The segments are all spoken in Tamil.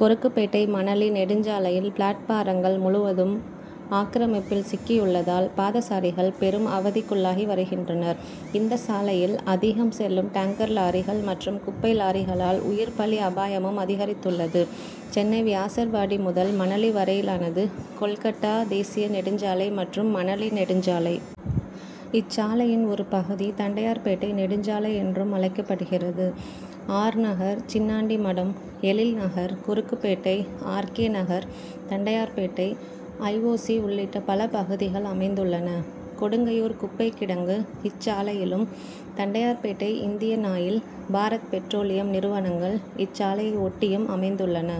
கொருக்குப்பேட்டை மணலி நெடுஞ்சாலையில் பிளாட்பாரங்கள் முழுவதும் ஆக்கிரமிப்பில் சிக்கியுள்ளதால் பாதசாரிகள் பெரும் அவதிக்குள்ளாகிவருகின்றனர். இந்த சாலையில் அதிகம் செல்லும் டேங்கர் லாரிகள் மற்றும் குப்பை லாரிகளால் உயிர்பலி அபாயமும் அதிகரித்துள்ளது. சென்னை வியாசர்பாடி முதல் மணலி வரையிலானது கோல்கட்டா தேசிய நெடுஞ்சாலை மற்றும் மணலி நெடுஞ்சாலை. இச்சாலையின் ஒரு பகுதி தண்டையார்பேட்டை நெடுஞ்சாலை என்றும் அழைக்கப்படுகிறது. ஆர். நகர், சின்னான்டி மடம், Ezhil Nagar, Korukkupet, R. K. Nagar, Tondiarpet, I. O. C. உள்ளிட்ட பல பகுதிகள் அமைந்துள்ளன. கொடுங்கையூர் குப்பைக் கிடங்கு இச்சாலையிலும், Tondiarpet Indian Oil, Bharat Petroleum நிறுவனங்கள் இச்சாலையை ஒட்டியும் அமைந்துள்ளன.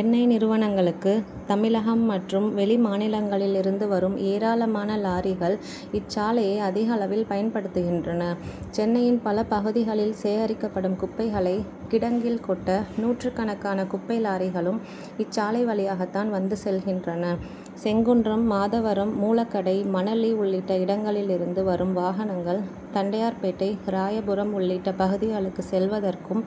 எண்ணெய் நிறுவனங்களுக்கு தமிழகம் மற்றும் வெளிமாநிலங்களில் இருந்து வரும் ஏராளமான லாரிகள் இச்சாலையை அதிகளவில் பயன்படுத்துகின்றன. சென்னையின் பல பகுதிகளில் சேகரிக்கப்படும் குப்பைகளை கிடங்கில் கொட்ட நூற்றுக்கணக்கான குப்பை லாரிகளும் இச்சாலை வழியாகத்தான் வந்து செல்கின்றன. செங்குன்றம், மாதவரம், மூலக்கடை, மணலி உள்ளிட்ட இடங்களில் இருந்து வரும் வாகனங்கள் தண்டையார்பேட்டை, ராயபுரம் உள்ளிட்ட பகுதிகளுக்கு செல்வதற்கும்,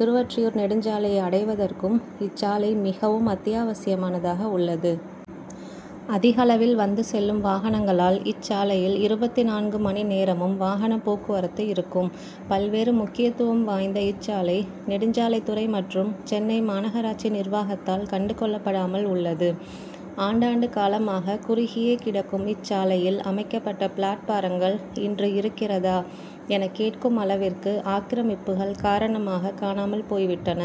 திருவொற்றியூர் நெடுஞ்சாலையை அடைவதற்கும் இச்சாலை மிகவும் அத்தியாவசியமானதாக உள்ளது. அதிகளவில் வந்து செல்லும் வாகனங்களால் இச்சாலையில் இருபத்து நான்கு மணி நேரமும் வாகனப் போக்குவரத்து இருக்கும். பல்வேறு முக்கியத்துவம் வாய்ந்த இச்சாலை, நெடுஞ்சாலைத்துறை மற்றும் சென்னை மாநகராட்சி நிர்வாகத்தால் கண்டுகொள்ளப்படாமல் உள்ளது. ஆண்டாண்டு காலமாக குறுகியே கிடக்கும் இச்சாலையில் அமைக்கப்பட்ட பிளாட்பாரங்கள் இன்று இருக்கிறதா என கேட்கும் அளவிற்கு ஆக்கிரமிப்புகள் காரணமாக காணாமல் போய்விட்டன.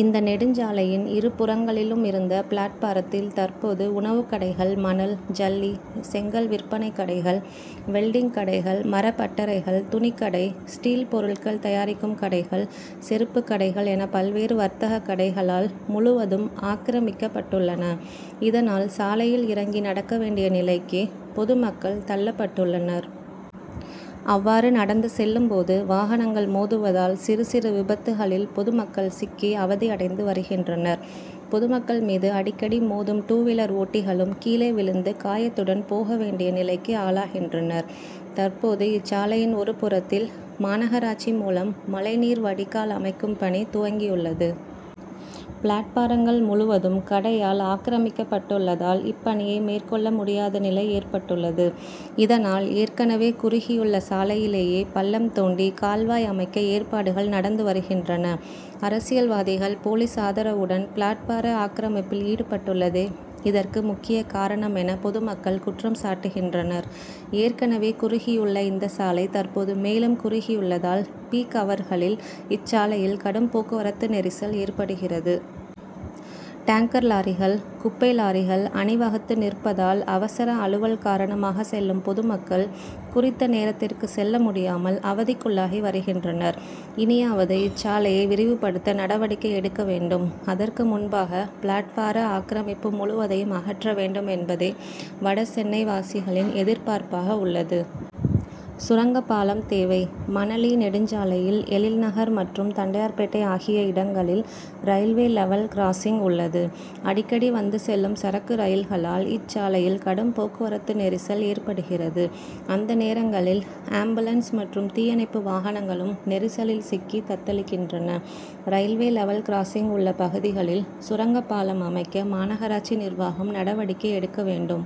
இந்த நெடுஞ்சாலையின் இரு புறங்களிலும் இருந்த பிளாட்பாரத்தில் தற்போது உணவுக் கடைகள், மணல், ஜல்லி, செங்கல் விற்பனைக் கடைகள், வெல்டிங் கடைகள், மரப் பட்டறைகள், துணிக்கடை, ஸ்டீல் பொருட்கள் தயாரிக்கும் கடைகள், செருப்புக் கடைகள் என பல்வேறு வர்த்தகக் கடைகளால் முழுவதும் ஆக்கிரமிக்கப்பட்டுள்ளன. இதனால் சாலையில் இறங்கி நடக்க வேண்டிய நிலைக்கு பொதுமக்கள் தள்ளப்பட்டுள்ளனர். அவ்வாறு நடந்து செல்லும்போது வாகனங்கள் மோதுவதால் சிறுசிறு விபத்துகளில் பொது மக்கள் சிக்கி அவதியடைந்து வருகின்றனர். பொதுமக்கள் மீது அடிக்கடி மோதும் டூவீலர் ஓட்டிகளும் கீழே விழுந்து காயத்துடன் போக வேண்டிய நிலைக்கு ஆளாகின்றனர். தற்போது இச்சாலையின் ஒருபுறத்தில் மாநகராட்சி மூலம் மழைநீர் வடிகால் அமைக்கும் பணி துவங்கியுள்ளது. பிளாட்பாரங்கள் முழுவதும் கடையால் ஆக்கிரமிக்கப்பட்டுள்ளதால் இப்பணியை மேற்கொள்ள முடியாத நிலை ஏற்பட்டுள்ளது. இதனால் ஏற்கனவே குறுகியுள்ள சாலையிலேயே பள்ளம்தோண்டி கால்வாய் அமைக்க ஏற்பாடுகள் நடந்து வருகின்றன. அரசியல்வாதிகள், போலீஸ் ஆதரவுடன் பிளாட்பார ஆக்கிரமிப்பில் ஈடுபட்டுள்ளதே இதற்கு முக்கிய காரணம் என பொதுமக்கள் குற்றம் சாட்டுகின்றனர். ஏற்கனவே குறுகியுள்ள இந்த சாலை தற்போது மேலும் குறுகியுள்ளதால் பீக் -அவர்களில் இச்சாலையில் கடும்போக்குவரத்து நெரிசல் ஏற்படுகிறது. டேங்கர் லாரிகள், குப்பை லாரிகள் அணிவகுத்து நிற்பதால் அவசர அலுவல் காரணமாக செல்லும் பொதுமக்கள் குறித்த நேரத்திற்கு செல்ல முடியாமல் அவதிக்குள்ளாகி வருகின்றனர். இனியாவது இச்சாலையை விரிவுபடுத்த நடவடிக்கை எடுக்க வேண்டும். அதற்கு முன்பாக பிளாட்பார ஆக்கிரமிப்பு முழுவதையும் அகற்றவேண்டும் என்பதே வடசென்னை வாசிகளின் எதிர்பார்ப்பாக உள்ளது. சுரங்கப்பாலம் தேவை! மணலி நெடுஞ்சாலையில் எழில்நகர் மற்றும் தண்டையார்பேட்டை ஆகிய இடங்களில் ரயில்வே லெவல் கிராசிங் உள்ளது. அடிக்கடி வந்து செல்லும் சரக்கு ரயில்களால் இச்சாலையில் கடும்போக்குவரத்து நெரிசல் ஏற்படுகிறது. அந்த நேரங்களில் ஆம்புலன்ஸ் மற்றும் தீயணைப்பு வாகனங்களும் நெரிசலில் சிக்கி தத்தளிக்கின்றன. ரயில்வே லெவல் கிராசிங் உள்ள பகுதிகளில் சுரங்க பாலம் அமைக்க மாநகராட்சி நிர்வாகம் நடவடிக்கை எடுக்கவேண்டும்.